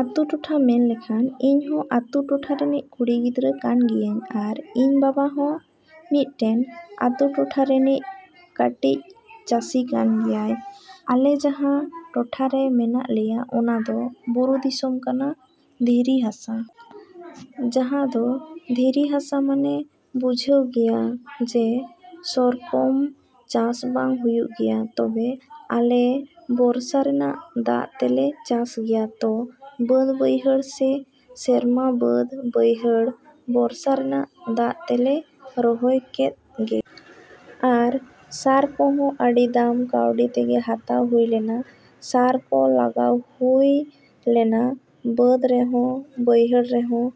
ᱟᱛᱳ ᱴᱚᱴᱷᱟ ᱢᱮᱱ ᱞᱮᱠᱷᱟᱱ ᱤᱧ ᱦᱚᱸ ᱟᱛᱳ ᱴᱚᱴᱷᱟ ᱨᱤᱱᱤᱡ ᱠᱩᱲᱤ ᱜᱤᱫᱽᱨᱟᱹ ᱠᱟᱱ ᱜᱤᱭᱟᱹᱧ ᱟᱨ ᱤᱧ ᱵᱟᱵᱟ ᱦᱚᱸ ᱢᱤᱫᱴᱮᱱ ᱟᱛᱳ ᱴᱚᱴᱷᱟ ᱨᱤᱱᱤᱡ ᱠᱟᱹᱴᱤᱡ ᱪᱟᱹᱥᱤ ᱠᱟᱱ ᱜᱮᱭᱟᱭ᱾ ᱟᱞᱮ ᱡᱟᱦᱟᱸ ᱴᱚᱴᱷᱟ ᱨᱮ ᱢᱮᱱᱟᱜ ᱞᱮᱭᱟ ᱚᱱᱟ ᱫᱚ ᱵᱩᱨᱩ ᱫᱤᱥᱚᱢ ᱠᱟᱱᱟ, ᱫᱷᱤᱨᱤ ᱦᱟᱥᱟ᱾ ᱡᱟᱦᱟᱸ ᱫᱚ ᱫᱷᱤᱨᱤ ᱦᱟᱥᱟ ᱢᱟᱱᱮ ᱵᱩᱡᱷᱟᱹᱣ ᱜᱮᱭᱟ ᱡᱮ ᱥᱮᱨᱚᱠᱚᱢ ᱪᱟᱥ ᱵᱟᱝ ᱦᱩᱭᱩᱜ ᱜᱮᱭᱟ᱾ ᱛᱟᱵᱽ ᱟᱞᱮ ᱵᱚᱨᱥᱟ ᱨᱮᱱᱟᱜ ᱫᱟᱜ ᱛᱮᱞᱮ ᱪᱟᱥ ᱜᱮᱭᱟ᱾ ᱛᱚ ᱵᱟᱸᱫᱽ ᱵᱟᱹᱭᱦᱟᱹᱲ ᱥᱮ ᱥᱮᱨᱢᱟ ᱵᱟᱹᱫᱽ ᱵᱟᱹᱭᱦᱟᱹᱲ ᱵᱚᱨᱥᱟ ᱨᱮᱱᱟᱜ ᱫᱟᱜ ᱛᱮᱞᱮ ᱨᱚᱦᱚᱭ ᱠᱮᱫ ᱜᱮ᱾ ᱟᱨ ᱥᱟᱨ ᱠᱚᱦᱚᱸ ᱟᱹᱰᱤ ᱫᱟᱢ ᱠᱟᱹᱣᱰᱤ ᱛᱮᱜᱮ ᱦᱟᱛᱟᱣ ᱦᱩᱭ ᱞᱮᱱᱟ᱾ ᱥᱟᱨ ᱠᱚ ᱞᱟᱜᱟᱣ ᱦᱩᱭ ᱞᱮᱱᱟ ᱵᱟᱸᱫᱽ ᱨᱮᱦᱚᱸ ᱵᱟᱹᱭᱦᱟᱹᱲ ᱨᱮᱦᱚᱸ᱾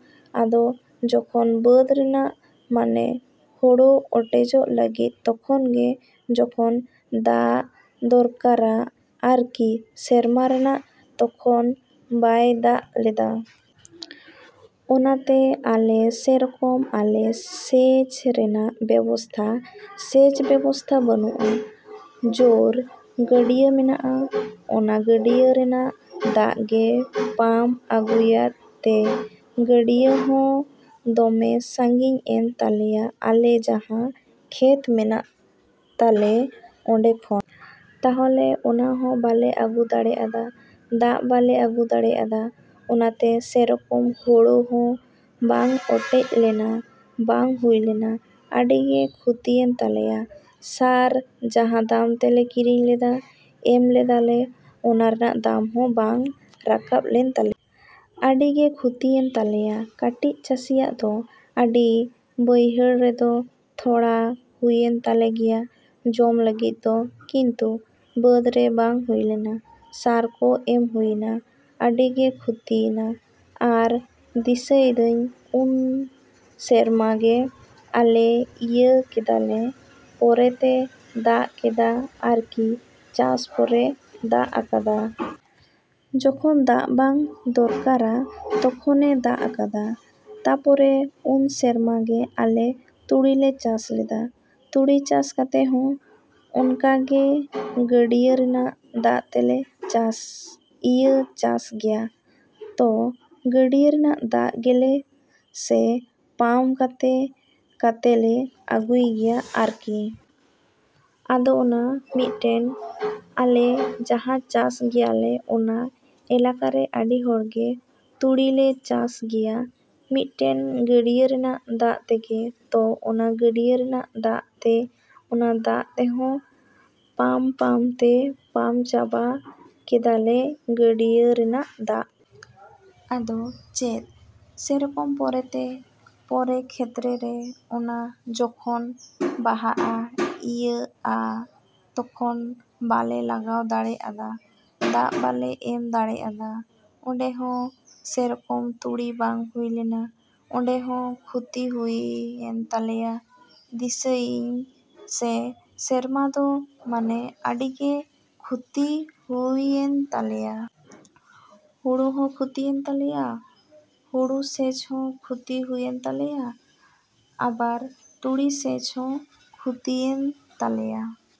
ᱟᱫᱚ ᱡᱚᱠᱷᱚᱱ ᱵᱟᱹᱫᱽ ᱨᱮᱭᱟᱜ ᱢᱟᱱᱮ ᱦᱚᱲᱚ ᱚᱴᱮᱡᱚᱜ ᱞᱟᱹᱜᱤᱫ ᱛᱚᱠᱷᱚᱱ ᱜᱮ ᱡᱚᱠᱷᱚᱱ ᱫᱟᱜ ᱫᱚᱨᱠᱟᱨᱟ ᱟᱨᱠᱤ ᱥᱮᱨᱢᱟ ᱨᱮᱱᱟᱜ, ᱛᱚᱠᱷᱚᱱ ᱵᱟᱭ ᱫᱟᱜ ᱞᱮᱫᱟ᱾ ᱚᱱᱟᱛᱮ ᱟᱫᱚ ᱥᱮᱨᱚᱠᱚᱢ ᱟᱞᱮ ᱥᱮᱫ ᱥᱮᱪ ᱨᱮᱭᱟᱜ ᱵᱮᱵᱚᱥᱛᱷᱟ, ᱥᱮᱪ ᱵᱮᱵᱚᱥᱛᱷᱟ ᱵᱟᱹᱱᱩᱜᱼᱟ᱾ ᱡᱚᱨ ᱜᱟᱹᱰᱭᱟᱹ ᱢᱮᱱᱟᱜᱼᱟ, ᱚᱱᱟ ᱜᱟᱹᱰᱭᱟᱹ ᱨᱮᱱᱟᱜ ᱫᱟᱜ ᱜᱮ ᱯᱟᱢ ᱟᱹᱜᱩᱭᱟᱫ ᱛᱮ ᱜᱟᱹᱰᱭᱟᱹ ᱦᱚᱸ ᱫᱚᱢᱮ ᱥᱟᱹᱜᱤᱧ ᱮᱱ ᱛᱟᱞᱮᱭᱟ ᱟᱞᱮ ᱡᱟᱦᱟᱸ ᱠᱷᱮᱛ ᱢᱮᱱᱟᱜ ᱛᱟᱞᱮ ᱚᱸᱰᱮ ᱠᱷᱚᱱ᱾ ᱛᱟᱦᱚᱞᱮ ᱚᱱᱟ ᱦᱚᱸ ᱵᱟᱞᱮ ᱟᱹᱜᱩ ᱫᱟᱲᱮ ᱟᱫᱟ, ᱫᱟᱜ ᱵᱟᱞᱮ ᱟᱹᱜᱩ ᱫᱟᱲᱮ ᱟᱫᱟ᱾ ᱚᱱᱟᱛᱮ ᱥᱮᱨᱚᱠᱚᱢ ᱦᱚᱲᱚ ᱦᱚᱸ ᱵᱟᱝ ᱚᱴᱮᱡ ᱞᱮᱱᱟ, ᱵᱟᱝ ᱦᱩᱭ ᱞᱮᱱᱟ᱾ ᱟᱹᱰᱤ ᱜᱮ ᱠᱷᱚᱛᱤᱭᱮᱱ ᱛᱟᱞᱮᱭᱟ᱾ ᱥᱟᱨ ᱡᱟᱦᱟᱸ ᱫᱟᱢ ᱛᱮᱞᱮ ᱠᱤᱨᱤᱧ ᱞᱮᱫᱟ, ᱮᱢ ᱞᱮᱫᱟᱞᱮ, ᱚᱱᱟ ᱨᱮᱱᱟᱜ ᱫᱟᱢ ᱦᱚᱸ ᱵᱟᱝ ᱨᱟᱠᱟᱵᱽ ᱞᱮᱱ ᱛᱟᱞᱮᱭᱟ᱾ ᱟᱹᱰᱤ ᱜᱮ ᱠᱷᱚᱛᱤᱭᱮᱱ ᱛᱟᱞᱮᱭᱟ ᱠᱟᱹᱴᱤᱡ ᱪᱟᱹᱥᱤᱭᱟᱜ ᱫᱚ᱾ ᱟᱨ ᱵᱟᱹᱭᱦᱟᱹᱲ ᱨᱮᱫᱚ ᱛᱷᱚᱲᱟ ᱦᱩᱭᱮᱱ ᱛᱟᱞᱮ ᱜᱮᱭᱟ ᱡᱚᱢ ᱞᱟᱹᱜᱤᱫ ᱫᱚ ᱠᱤᱱᱛᱩ ᱵᱟᱸᱫᱽ ᱨᱮ ᱵᱟᱝ ᱦᱩᱭ ᱞᱮᱱᱟ᱾ ᱥᱟᱨ ᱠᱚ ᱮᱢ ᱦᱩᱭᱮᱱᱟ, ᱟᱹᱰᱤ ᱜᱮ ᱠᱷᱚᱛᱤᱭᱮᱱᱟ᱾ ᱟᱨ ᱫᱤᱥᱟᱹᱭᱮᱫᱟᱹᱧ ᱩᱱ ᱥᱮᱨᱢᱟ ᱜᱮ ᱟᱞᱮ ᱤᱭᱟᱹ ᱠᱮᱫᱟ ᱞᱮ, ᱯᱚᱨᱮ ᱛᱮ ᱫᱟᱜ ᱠᱮᱫᱟ ᱟᱨᱠᱤ, ᱪᱟᱥ ᱯᱚᱨᱮ ᱫᱟᱜ ᱟᱠᱟᱫᱟ᱾ ᱡᱚᱠᱷᱚᱱ ᱫᱟᱜ ᱵᱟᱝ ᱫᱚᱨᱠᱟᱨᱟ ᱛᱚᱠᱷᱚᱱᱮ ᱫᱟᱜ ᱟᱠᱟᱫᱟ᱾ ᱛᱟᱯᱚᱨᱮ ᱩᱱ ᱥᱮᱨᱢᱟ ᱜᱮ ᱟᱞᱮ ᱛᱩᱲᱤ ᱞᱮ ᱪᱟᱥ ᱞᱮᱫᱟ᱾ ᱛᱩᱲᱤ ᱪᱟᱥ ᱠᱟᱛᱮ ᱦᱚᱸ ᱚᱱᱠᱟ ᱜᱮ ᱜᱟᱹᱰᱭᱟᱹ ᱨᱮᱱᱟᱜ ᱫᱟᱜ ᱛᱮᱞᱮ ᱪᱟᱥ ᱤᱭᱟᱹ ᱪᱟᱥ ᱜᱮᱭᱟ᱾ ᱛᱚ ᱜᱟᱹᱰᱭᱟᱹ ᱨᱮᱱᱟᱜ ᱫᱟᱜ ᱜᱮᱞᱮ ᱥᱮ ᱯᱟᱢ ᱠᱟᱛᱮ ᱠᱟᱛᱮᱞᱮ ᱟᱹᱜᱩᱭ ᱜᱮᱭᱟ ᱟᱨᱠᱤ᱾ ᱟᱫᱚ ᱚᱱᱟ ᱢᱤᱫᱴᱮᱱ ᱟᱞᱮ ᱡᱟᱦᱟᱸ ᱪᱟᱥ ᱜᱮᱭᱟᱞᱮ ᱚᱱᱟ ᱮᱞᱟᱠᱟᱨᱮ ᱟᱹᱰᱤ ᱦᱚᱲ ᱜᱮ ᱛᱩᱲᱤ ᱞᱮ ᱪᱟᱥ ᱜᱮᱭᱟ ᱢᱤᱫᱴᱮᱱ ᱜᱟᱹᱰᱭᱟᱹ ᱨᱮᱱᱟᱜ ᱫᱟᱜ ᱛᱮᱜᱮ᱾ ᱛᱚ ᱚᱱᱟ ᱜᱟᱹᱰᱭᱟᱹ ᱨᱮᱱᱟᱜ ᱫᱟᱜ ᱛᱮ, ᱚᱱᱟ ᱫᱟᱜ ᱛᱮᱦᱚᱸ ᱯᱟᱢᱼᱯᱟᱢ ᱛᱮ ᱯᱟᱢ ᱪᱟᱵᱟ ᱠᱮᱫᱟ ᱞᱮ ᱜᱟᱹᱰᱭᱟᱹ ᱨᱮᱱᱟᱜ ᱫᱟᱜ᱾ ᱟᱫᱚ ᱪᱮᱫ ᱥᱮᱨᱚᱠᱚᱢ ᱯᱚᱨᱮ ᱛᱮ, ᱯᱚᱨᱮᱨ ᱠᱷᱮᱛᱨᱮ ᱚᱱᱮ ᱡᱚᱠᱷᱚᱱ ᱵᱟᱦᱟᱜᱼᱟ, ᱤᱭᱟᱹᱜᱼᱟ, ᱛᱚᱠᱷᱚᱱ ᱵᱟᱞᱮ ᱞᱟᱜᱟᱣ ᱫᱟᱲᱮ ᱟᱫᱟ, ᱫᱟᱜ ᱵᱟᱞᱮ ᱮᱢ ᱫᱟᱲᱮ ᱟᱫᱟ᱾ ᱚᱸᱰᱮᱦᱚᱸ ᱥᱮᱨᱚᱠᱚᱢ ᱛᱩᱲᱤ ᱵᱟᱝ ᱦᱩᱭ ᱞᱮᱱᱟ᱾ ᱚᱸᱰᱮᱦᱚᱸ ᱠᱷᱚᱛᱤ ᱦᱩᱭᱮᱱ ᱛᱟᱞᱮᱭᱟ᱾ ᱫᱤᱥᱟᱹᱤᱧ ᱥᱮ ᱥᱮᱨᱢᱟ ᱫᱚ ᱢᱟᱱᱮ ᱟᱹᱰᱤ ᱜᱮ ᱠᱷᱚᱛᱤ ᱦᱩᱭᱮᱱ ᱛᱟᱞᱮᱭᱟ᱾ ᱦᱳᱲᱳ ᱦᱚᱸ ᱠᱷᱚᱛᱤᱭᱮᱱ ᱛᱟᱞᱮᱭᱟ, ᱦᱳᱲᱳ ᱥᱮᱪ ᱦᱚᱸ ᱠᱷᱚᱛᱤ ᱦᱩᱭᱮᱱ ᱛᱟᱞᱮᱭᱟ, ᱟᱵᱟᱨ ᱛᱩᱲᱤ ᱥᱮᱪ ᱦᱚᱸ ᱠᱷᱚᱛᱤᱭᱮᱱ ᱛᱟᱞᱮᱭᱟ᱾